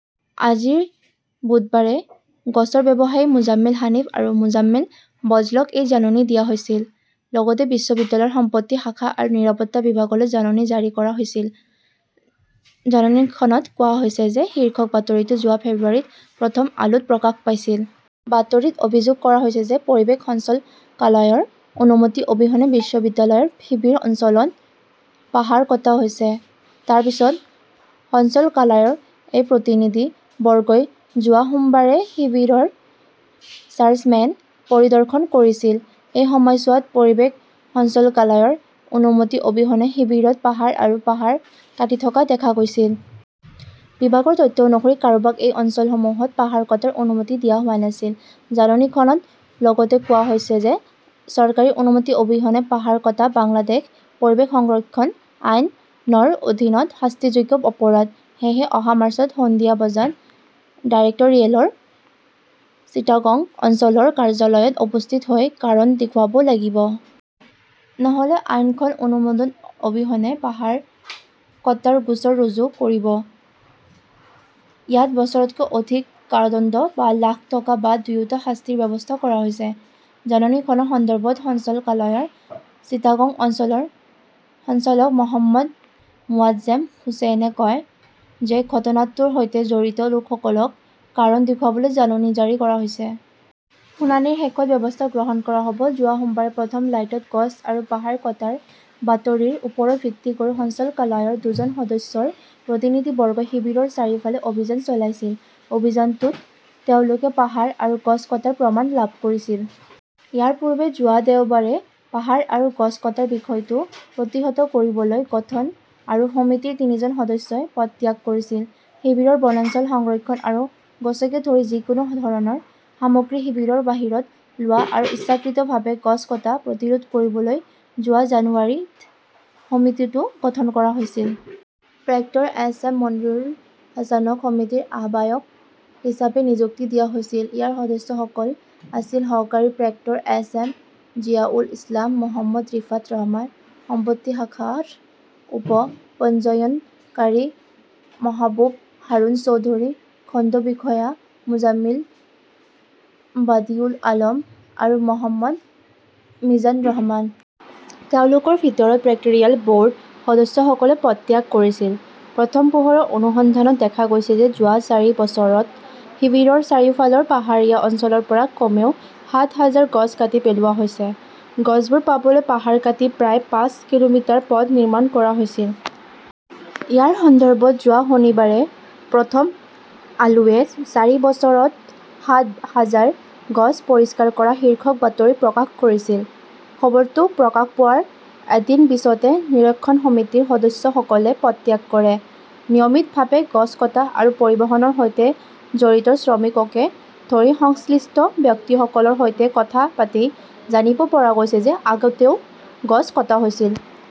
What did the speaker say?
আজি বুধবাৰে গছৰ ব্যৱসায়ী মোজাম্মেল হানিফ আৰু মোজাম্মেল বজলক এই জাননী দিয়া হৈছিল। লগতে বিশ্ববিদ্যালয়ৰ সম্পত্তি শাখা আৰু নিৰাপত্তা বিভাগলৈ জাননী জাৰি কৰা হৈছিল। জাননীখনত কোৱা হৈছে যে শীৰ্ষক বাতৰিটো যোৱা ফেব্ৰুৱাৰীত প্ৰথম আলোত প্ৰকাশ পাইছিল। বাতৰিত অভিযোগ কৰা হৈছে যে, পৰিৱেশ সঞ্চালকালয়ৰ অনুমতি অবিহনে বিশ্ববিদ্যালয়ৰ শিবিৰ অঞ্চলত পাহাৰ কটা হৈছে। তাৰ পিছত সঞ্চালকালয়ৰ এটা প্ৰতিনিধিবৰ্গই যোৱা সোমবাৰে শিবিৰৰ চাৰ্জমেইন পৰিদৰ্শন কৰিছিল। এই সময়ছোৱাত পৰিৱেশ সঞ্চালকালয়ৰ অনুমতি অবিহনে শিবিৰত পাহাৰ আৰু পাহাৰ কাটি থকা দেখা গৈছিল। বিভাগৰ তথ্য অনুসৰি, কাৰোবাক এই অঞ্চলসমূহত পাহাৰ কটাৰ অনুমতি দিয়া হোৱা নাছিল। জাননীখনত লগতে কোৱা হৈছে যে চৰকাৰী অনুমতি অবিহনে পাহাৰ কটা বাংলাদেশ পৰিৱেশ সংৰক্ষণ আইন, ৰ অধীনত শাস্তিযোগ্য অপৰাধ। সেয়েহে অহা মাৰ্চত সন্ধিয়া বজাত ডাইৰেক্টৰিয়েলৰ চিটাগং অঞ্চলৰ কাৰ্যালয়ত উপস্থিত হৈ কাৰণ দেখুৱাব লাগিব। নহ'লে আইনখনে অনুমোদন অবিহনে পাহাৰ কটাৰ গোচৰ ৰুজু কৰিব। ইয়াত বছৰতকৈ অধিক কাৰাদণ্ড বা লাখ টকা বা দুয়োটা শাস্তিৰ ব্যৱস্থা কৰা হৈছে। জাননীখনৰ সন্দৰ্ভত সঞ্চালকালয়ৰ চিটাগং অঞ্চলৰ সঞ্চালক মহম্মদ মোৱাজজেম হোছেইনে কয় যে ঘটনাটোৰ সৈতে জড়িত লোকসকলক কাৰণ দেখুৱাবলৈ জাননী জাৰি কৰা হৈছে। শুনানিৰ শেষত ব্যৱস্থা গ্ৰহণ কৰা হ 'ব। যোৱা সোমবাৰে প্ৰথম লাইটত গছ আৰু পাহাৰ কটাৰ বাতৰিৰ ওপৰত ভিত্তি কৰি সঞ্চালকালয়ৰ দুজন সদস্যৰ প্ৰতিনিধিবৰ্গই শিবিৰৰ চাৰিওফালে অভিযান চলাইছিল। অভিযানটোত তেওঁলোকে পাহাৰ আৰু গছ কটাৰ প্ৰমাণ লাভ কৰিছিল। ইয়াৰ পূৰ্বে যোৱা দেওবাৰে পাহাৰ আৰু গছ কটাৰ বিষয়টো প্ৰতিহত কৰিবলৈ গঠন কৰা সমিতিৰ তিনিজন সদস্যই পদত্যাগ কৰিছিল। শিবিৰৰ বনাঞ্চল সংৰক্ষণ আৰু গছকে ধৰি যিকোনো ধৰণৰ সামগ্ৰী শিবিৰৰ বাহিৰত লোৱা আৰু ইচ্ছাকৃতভাৱে গছ কটা প্ৰতিৰোধ কৰিবলৈ যোৱা জানুৱাৰীত সমিতিটো গঠন কৰা হৈছিল। Proctor S. এম. মনিৰুল হাছানক সমিতিৰ আহ্বায়ক হিচাপে নিযুক্তি দিয়া হৈছিল। ইয়াৰ সদস্যসকল আছিল সহকাৰী proctor S M Ziaul Islam, Mohammad Rifat Rahman, সম্পত্তি শাখাৰ উপ পঞ্জীয়নকাৰী মহাবুব হাৰুন চৌধুৰী, খণ্ড বিষয়া মোজামিল বাডিউল আলম আৰু মহম্মদ মিজান ৰহমান। তেওঁলোকৰ ভিতৰত প্ৰেক্টৰিয়েল ব'ৰ্ড সদস্যসকলে পদত্যাগ কৰিছিল। প্ৰথম পোহৰৰ অনুসন্ধানত দেখা গৈছে যে যোৱা চাৰি বছৰত শিবিৰৰ চাৰিওফালৰ পাহাৰীয়া অঞ্চলৰ পৰা কমেও সাত হাজাৰ গছ কাটি পেলোৱা হৈছে। গছবোৰ পাবলৈ পাহাৰ কাটি প্ৰায় পাঁচ কিলোমিটাৰ পথ নিৰ্মাণ কৰা হৈছিল। ইয়াৰ সন্দৰ্ভত যোৱা শনিবাৰে প্ৰথম আলোৱে 'চাৰি বছৰত সাত হাজাৰ গছ পৰিষ্কাৰ কৰা' শীৰ্ষক বাতৰি প্ৰকাশ কৰিছিল। খবৰটো প্ৰকাশ পোৱাৰ এদিন পিছতে নিৰীক্ষণ সমিতিৰ সদস্যসকলে পদত্যাগ কৰে। নিয়মিতভাৱে গছ কটা আৰু পৰিবহণৰ সৈতে জড়িত শ্ৰমিককে ধৰি সংশ্লিষ্ট ব্যক্তিসকলৰ সৈতে কথা পাতি জানিব পৰা গৈছে যে আগতেও গছ কটা হৈছিল।